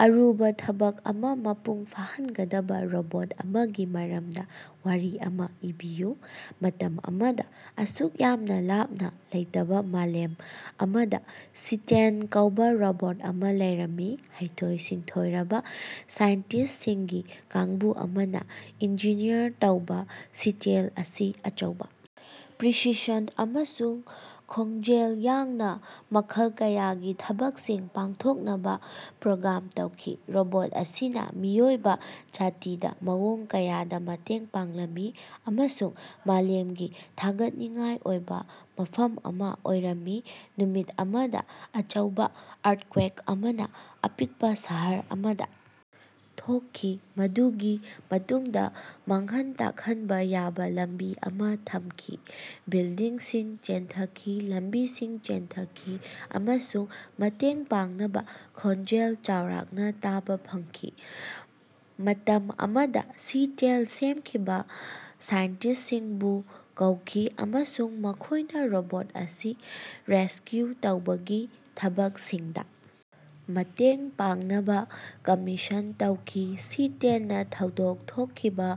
ꯑꯔꯨꯕ ꯊꯕꯛ ꯑꯃ ꯃꯄꯨꯡ ꯐꯥꯍꯟꯒꯗꯕ ꯔꯣꯕꯣꯠ ꯑꯃꯒꯤ ꯃꯔꯝꯗ ꯋꯥꯔꯤ ꯑꯃ ꯏꯕꯤꯌꯨ꯫ ꯃꯇꯝ ꯑꯃꯗ, ꯑꯁꯨꯛ ꯌꯥꯝꯅ ꯂꯥꯞꯅ ꯂꯩꯇꯕ ꯃꯥꯂꯦꯝ ꯑꯃꯗ ꯁꯤ-ꯇꯦꯟ ꯀꯧꯕ ꯔꯣꯕꯣꯠ ꯑꯃ ꯂꯩꯔꯝꯃꯤ꯫ ꯍꯩꯊꯣꯏ-ꯁꯤꯡꯊꯣꯏꯔꯕ ꯁꯥꯏꯟꯇꯤꯁ꯭ꯇꯁꯤꯡꯒꯤ ꯀꯥꯡꯕꯨ ꯑꯃꯅ ꯏꯟꯖꯤꯅꯤꯌꯔ ꯇꯧꯕ ꯁꯤ-ꯇꯦꯟ ꯑꯁꯤ ꯑꯆꯧꯕ ꯄ꯭ꯔꯤꯁꯤꯁꯟ ꯑꯃꯁꯨꯡ ꯈꯣꯡꯖꯦꯜ ꯌꯥꯡꯅ ꯃꯈꯜ ꯀꯌꯥꯒꯤ ꯊꯕꯛꯁꯤꯡ ꯄꯥꯡꯊꯣꯛꯅꯕ ꯄ꯭ꯔꯣꯒ꯭ꯔꯥꯝ ꯇꯧꯈꯤ꯫ ꯔꯣꯕꯣꯠ ꯑꯁꯤꯅ ꯃꯤꯑꯣꯏꯕ ꯖꯥꯇꯤꯗ ꯃꯑꯣꯡ ꯀꯌꯥꯗ‌ ꯃꯇꯦꯡ ꯄꯥꯡꯂꯝꯃꯤ ꯑꯃꯁꯨꯡ ꯃꯥꯂꯦꯝꯒꯤ ꯊꯥꯒꯠꯅꯤꯡꯉꯥꯏ ꯑꯣꯏꯕ ꯃꯐꯝ ꯑꯃ ꯑꯣꯏꯔꯝꯃꯤ꯫ ꯅꯨꯃꯤꯠ ꯑꯃꯗ ꯑꯆꯧꯕ ꯑꯥꯔꯊꯀ꯭ꯋꯦꯛ ꯑꯃꯅ ꯑꯄꯤꯛꯄ ꯁꯍꯔ ꯑꯃꯗ ꯊꯣꯛꯈꯤ, ꯃꯗꯨꯒꯤ ꯃꯇꯨꯡꯗ ꯃꯥꯡꯍꯟ ꯇꯥꯛꯍꯟꯕ ꯌꯥꯕ‌ ꯂꯝꯕꯤ ꯑꯃ ꯊꯝꯈꯤ꯫ ꯕꯤꯜꯗꯤꯡꯁꯤꯡ ꯆꯦꯟꯊꯈꯤ, ꯂꯝꯕꯤꯁꯤꯡ ꯆꯦꯟꯊꯈꯤ, ꯑꯃꯁꯨꯡ ꯃꯇꯦꯡ ꯄꯥꯡꯅꯕ ꯈꯣꯟꯖꯦꯜ ꯆꯥꯎꯔꯥꯛꯅ ꯇꯥꯕ ꯐꯪꯈꯤ꯫ ꯃꯇꯝ ꯑꯃꯗ ꯁꯤ-ꯇꯦꯟ ꯁꯦꯝꯈꯤꯕ ꯁꯥꯏꯟꯇꯤꯁ꯭ꯇꯁꯤꯡꯕꯨ ꯀꯧꯈꯤ, ꯑꯃꯁꯨꯡ ꯃꯈꯣꯏꯅ ꯔꯣꯕꯣꯠ ꯑꯁꯤ ꯔꯦꯁꯀ꯭ꯌꯨ ꯇꯧꯕꯒꯤ ꯊꯕꯛꯁꯤꯡꯗ ꯃꯇꯦꯡ ꯄꯥꯡꯅꯕ ꯀꯝꯃꯤꯁꯟ ꯇꯧꯈꯤ꯫ ꯁꯤ-ꯇꯦꯟꯅ ꯊꯧꯗꯣꯛ ꯊꯣꯛꯈꯤꯕ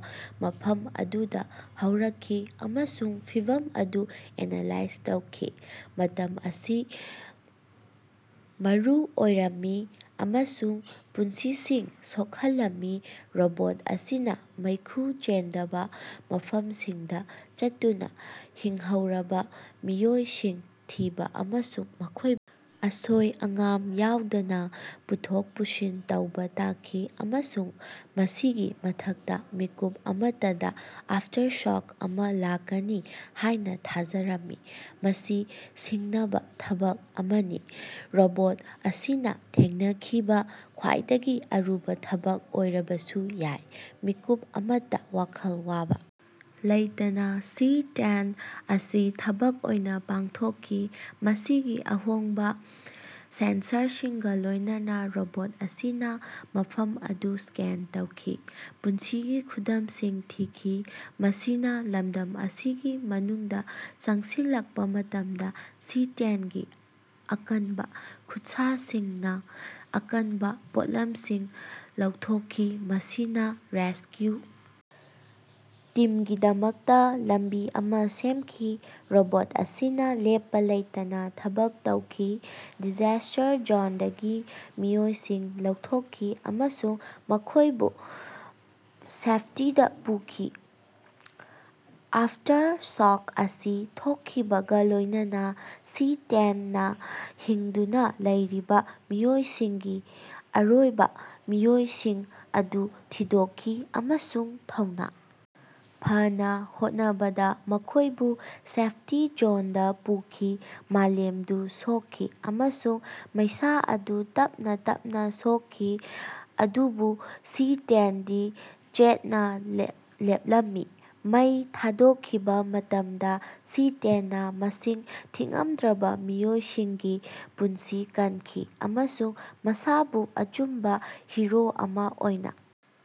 ꯃꯐꯝ ꯑꯗꯨꯗ ꯌꯧꯔꯛꯈꯤ ꯑꯃꯁꯨꯡ ꯐꯤꯚꯝ ꯑꯗꯨ ꯑꯦꯅꯥꯂꯥꯏꯖ ꯇꯧꯈꯤ꯫ ꯃꯇꯝ ꯑꯁꯤ ꯃꯔꯨ ꯑꯣꯏꯔꯝꯃꯤ, ꯑꯃꯁꯨꯡ ꯄꯨꯟꯁꯤꯁꯤꯡ ꯁꯣꯛꯍꯜꯂꯝꯃꯤ꯫ ꯔꯣꯕꯣꯠ ꯑꯁꯤꯅ ꯃꯩꯈꯨ ꯆꯦꯟꯗꯕ ꯃꯐꯝꯁꯤꯡꯗ ꯆꯠꯇꯨꯅ ꯍꯤꯡꯍꯧꯔꯕ ꯃꯤꯑꯣꯏꯁꯤꯡ ꯊꯤꯕ ꯑꯃꯁꯨꯡ ꯃꯈꯣꯏꯕꯨ ꯑꯁꯣꯏ ꯑꯉꯥꯝ ꯌꯥꯎꯗꯅ ꯄꯨꯊꯣꯛ ꯄꯨꯁꯤꯟ ꯇꯧꯕ ꯇꯥꯈꯤ꯫ ꯑꯃꯁꯨꯡ ꯃꯁꯤꯒꯤ ꯃꯊꯛꯇ, ꯃꯤꯀꯨꯞ ꯑꯃꯠꯇꯗ ꯑꯐꯇꯔꯁꯣꯛ ꯑꯃ ꯂꯥꯛꯀꯅꯤ ꯍꯥꯏꯅ ꯊꯥꯖꯔꯝꯃꯤ꯫ ꯃꯁꯤ ꯁꯤꯡꯅꯕ ꯊꯕꯛ ꯑꯃꯅꯤ, ꯔꯣꯕꯣꯠ ꯑꯁꯤꯅ ꯊꯦꯡꯅꯈꯤꯕ ꯈ꯭ꯋꯥꯏꯗꯒꯤ ꯑꯔꯨꯕ ꯊꯕꯛ ꯑꯣꯏꯔꯕꯁꯨ ꯌꯥꯏ꯫ ꯃꯤꯀꯨꯞ ꯑꯃꯠꯇ ꯋꯥꯈꯜ ꯋꯥꯕ ꯂꯩꯇꯅ ꯁꯤ-ꯇꯦꯟ ꯑꯁꯤ ꯊꯕꯛ ꯑꯣꯏꯅ ꯄꯥꯡꯊꯣꯛꯈꯤ꯫ ꯃꯁꯤꯒꯤ ꯑꯍꯣꯡꯕ ꯁꯦꯟꯁꯔꯁꯤꯡꯒ ꯂꯣꯏꯅꯅ ꯔꯣꯕꯣꯠ ꯑꯁꯤꯅ ꯃꯐꯝ ꯑꯗꯨ ꯁ꯭ꯀꯦꯟ ꯇꯧꯈꯤ, ꯄꯨꯟꯁꯤꯒꯤ ꯈꯨꯗꯝꯁꯤꯡ ꯊꯤꯈꯤ꯫ ꯃꯁꯤꯅ ꯂꯝꯗꯝ ꯑꯁꯤꯒꯤ ꯃꯅꯨꯡꯗ ꯆꯪꯁꯤꯜꯂꯛꯄ ꯃꯇꯝꯗ ꯁꯤ-ꯇꯦꯟꯒꯤ ꯑꯀꯟꯕ ꯈꯨꯠꯁꯥꯁꯤꯡꯅ ꯑꯀꯟꯕ ꯄꯣꯠꯂꯝꯁꯤꯡ ꯂꯧꯊꯣꯛꯈꯤ, ꯃꯁꯤꯅ ꯔꯦꯁꯀ꯭ꯌꯨ ꯇꯤꯝꯒꯤꯗꯃꯛꯇ ꯂꯝꯕꯤ ꯑꯃ ꯁꯦꯝꯈꯤ꯫ ꯔꯣꯕꯣꯠ ꯑꯁꯤꯅ ꯂꯦꯞꯄ ꯂꯩꯇꯅ ꯊꯕꯛ ꯇꯧꯈꯤ, ꯗꯤꯖꯥꯁ꯭ꯇꯔ ꯖꯣꯟꯗꯒꯤ ꯃꯤꯑꯣꯏꯁꯤꯡ ꯂꯧꯊꯣꯛꯈꯤ ꯑꯃꯁꯨꯡ ꯃꯈꯣꯏꯕꯨ ꯁꯦꯐꯇꯤꯗ ꯄꯨꯈꯤ꯫ ꯑꯥꯐꯇꯔꯁꯣꯛ ꯑꯁꯤ ꯊꯣꯛꯈꯤꯕꯒ ꯂꯣꯏꯅꯅ ꯁꯤ-ꯇꯦꯟ ꯅꯥ ꯍꯤꯡꯗꯨꯅ ꯂꯩꯔꯤꯕꯥ ꯃꯤꯑꯣꯏꯁꯤꯡꯒꯤ ꯑꯔꯣꯏꯕ ꯃꯤꯑꯣꯏꯁꯤꯡ ꯑꯗꯨ ꯊꯤꯗꯣꯛꯈꯤ, ꯑꯃꯁꯨꯡ ꯊꯧꯅ ꯐꯅꯥ ꯍꯣꯠꯅꯕꯗ ꯃꯈꯣꯏꯕꯨ ꯁꯦꯐꯇꯤ ꯖꯣꯟꯗ ꯄꯨꯈꯤ꯫ ꯃꯥꯂꯦꯝꯗꯨ ꯁꯣꯛꯈꯤ, ꯑꯃꯁꯨꯡ ꯃꯩꯁꯥ ꯑꯗꯨ ꯇꯞꯅꯥ ꯇꯞꯅꯥ ꯁꯣꯛꯈꯤ, ꯑꯗꯨꯕꯨ ꯁꯤ-ꯇꯦꯟꯗꯤ ꯆꯦꯠꯅ ꯂꯦꯞꯂꯝꯃꯤ꯫ ꯃꯩ ꯊꯥꯗꯣꯛꯈꯤꯕ ꯃꯇꯝꯗ ꯁꯤ-ꯇꯦꯟꯅꯥ ꯃꯁꯤꯡ ꯊꯤꯉꯝꯗ꯭ꯔꯕ ꯃꯤꯑꯣꯏꯁꯤꯡꯒꯤ ꯄꯨꯟꯁꯤ ꯀꯟꯈꯤ, ꯑꯃꯁꯨꯡ ꯃꯁꯥꯕꯨ ꯑꯆꯨꯝꯕ ꯍꯤꯔꯣ ꯑꯃ ꯑꯣꯏꯅ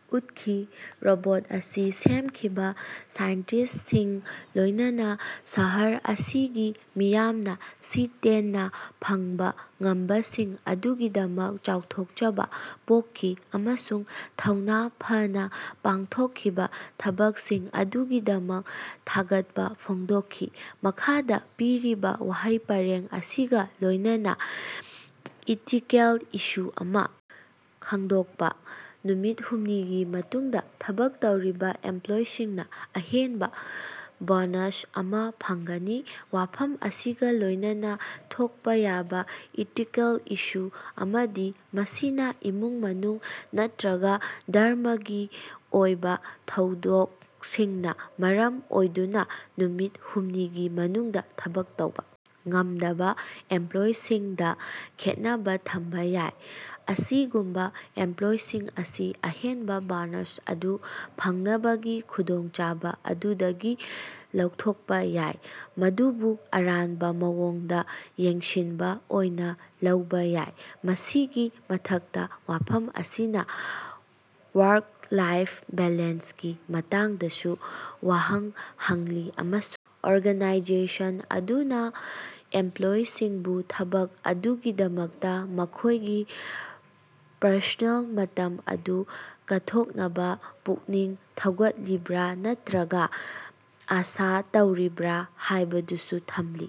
ꯎꯠꯈꯤ꯫ ꯔꯣꯕꯣꯠ ꯑꯁꯤ ꯁꯦꯝꯈꯤꯕ ꯁꯥꯏꯟꯇꯤꯁ꯭ꯇꯁꯤꯡ, ꯂꯣꯏꯅꯅ ꯁꯍꯔ ꯑꯁꯤꯒꯤ ꯃꯤꯌꯥꯝꯅ ꯁꯤ-ꯇꯦꯟ ꯅꯥ ꯐꯪꯕ‌ ꯉꯝꯕꯁꯤꯡ ꯑꯗꯨꯒꯤꯗꯃꯛ ꯆꯥꯎꯊꯣꯛꯆꯕ ꯄꯣꯛꯈꯤ, ꯑꯃꯁꯨꯡ ꯊꯧꯅ ꯐꯅꯥ ꯄꯥꯡꯊꯣꯛꯈꯤꯕ ꯊꯕꯛꯁꯤꯡ ꯑꯗꯨꯒꯤꯗꯃꯛ ꯊꯥꯒꯠꯄ ꯐꯣꯡꯗꯣꯛꯈꯤ꯫ ꯃꯈꯥꯗ ꯄꯤꯔꯤꯕꯥ ꯋꯥꯍꯩ ꯄꯔꯦꯡ ꯑꯁꯤꯒ ꯂꯣꯏꯅꯅ ꯏꯊꯤꯀꯦꯜ ꯏꯁꯨ ꯑꯃ ꯈꯪꯗꯣꯛꯄ꯫ ꯅꯨꯃꯤꯠ ꯍꯨꯝꯅꯤꯒꯤ ꯃꯅꯨꯡꯗ ꯊꯕꯛ ꯇꯧꯔꯤꯕ ꯏꯝꯄ꯭ꯂꯣꯌꯤꯁꯤꯡꯅ ꯑꯍꯦꯟꯕ ꯕꯣꯅꯥꯁ ꯑꯃ ꯐꯪꯒꯅꯤ꯫ ꯋꯥꯐꯝ ꯑꯁꯤꯒ ꯂꯣꯏꯅꯅ ꯊꯣꯛꯄ ꯌꯥꯕ ꯏꯊꯤꯀꯦꯜ ꯏꯁꯨ ꯑꯃꯗꯤ ꯃꯁꯤꯅ ꯏꯃꯨꯡ ꯃꯅꯨꯡ ꯅꯠꯇꯔꯒ ꯙꯔꯝꯃꯒꯤ ꯑꯣꯏꯕ ꯊꯧꯗꯥꯡꯁꯤꯡꯅ ꯃꯔꯝ ꯑꯣꯏꯗꯨꯅ ꯅꯨꯃꯤꯠ ꯍꯨꯝꯅꯤꯒꯤ ꯃꯅꯨꯡꯗ ꯊꯕꯛ ꯇꯧꯕ ꯉꯝꯗꯕ ꯏꯝꯄ꯭ꯂꯣꯌꯤꯁꯤꯡꯗ ꯈꯦꯠꯅꯕ‌ ꯊꯝꯕ ꯌꯥꯏ꯫ ꯑꯁꯤꯒꯨꯝꯕ ꯏꯝꯄ꯭ꯂꯣꯌꯤꯁꯤꯡ ꯑꯁꯤ ꯑꯍꯦꯟꯕ ꯕꯣꯟꯗꯦꯖ ꯑꯗꯨ ꯐꯪꯅꯕꯒꯤ ꯈꯨꯗꯣꯡꯆꯥꯕ ꯑꯗꯨꯗꯒꯤ ꯂꯧꯊꯣꯛꯄ ꯌꯥꯏ, ꯃꯗꯨꯕꯨ ꯑꯔꯥꯟꯕ ꯃꯑꯣꯡꯗ ꯌꯦꯡꯁꯤꯟꯕ ꯑꯣꯏꯅ‌ ꯂꯧꯕ ꯌꯥꯏ꯫ ꯃꯁꯤꯒꯤ ꯃꯊꯛꯇ, ꯋꯥꯐꯝ ꯑꯁꯤꯅ ꯋꯥꯔꯛ-ꯂꯥꯏꯐ ꯕꯦꯂꯦꯟꯁꯀꯤ ꯃꯇꯥꯡꯗꯁꯨ ꯋꯥꯍꯪ ꯍꯪꯂꯤ ꯑꯃꯁꯨꯡ ꯑꯣꯔꯒꯥꯅꯥꯏꯖꯦꯁꯟ ꯑꯗꯨꯅ ꯏꯝꯄ꯭ꯂꯣꯌꯤꯁꯤꯡꯕꯨ ꯊꯕꯛ ꯑꯗꯨꯒꯤꯗꯃꯛꯇ ꯃꯈꯣꯏꯒꯤ ꯄꯔꯁꯣꯅꯦꯜ ꯃꯇꯝ ꯑꯗꯨ ꯀꯠꯊꯣꯛꯅꯕ ꯄꯨꯛꯅꯤꯡ ꯊꯧꯒꯠꯂꯤꯕ꯭ꯔꯥ ꯅꯠꯇꯔꯒ ꯑꯥꯁꯥ ꯇꯧꯔꯤꯕ꯭ꯔꯥ ꯍꯥꯏꯕꯗꯨꯁꯨ ꯊꯝꯂꯤ꯫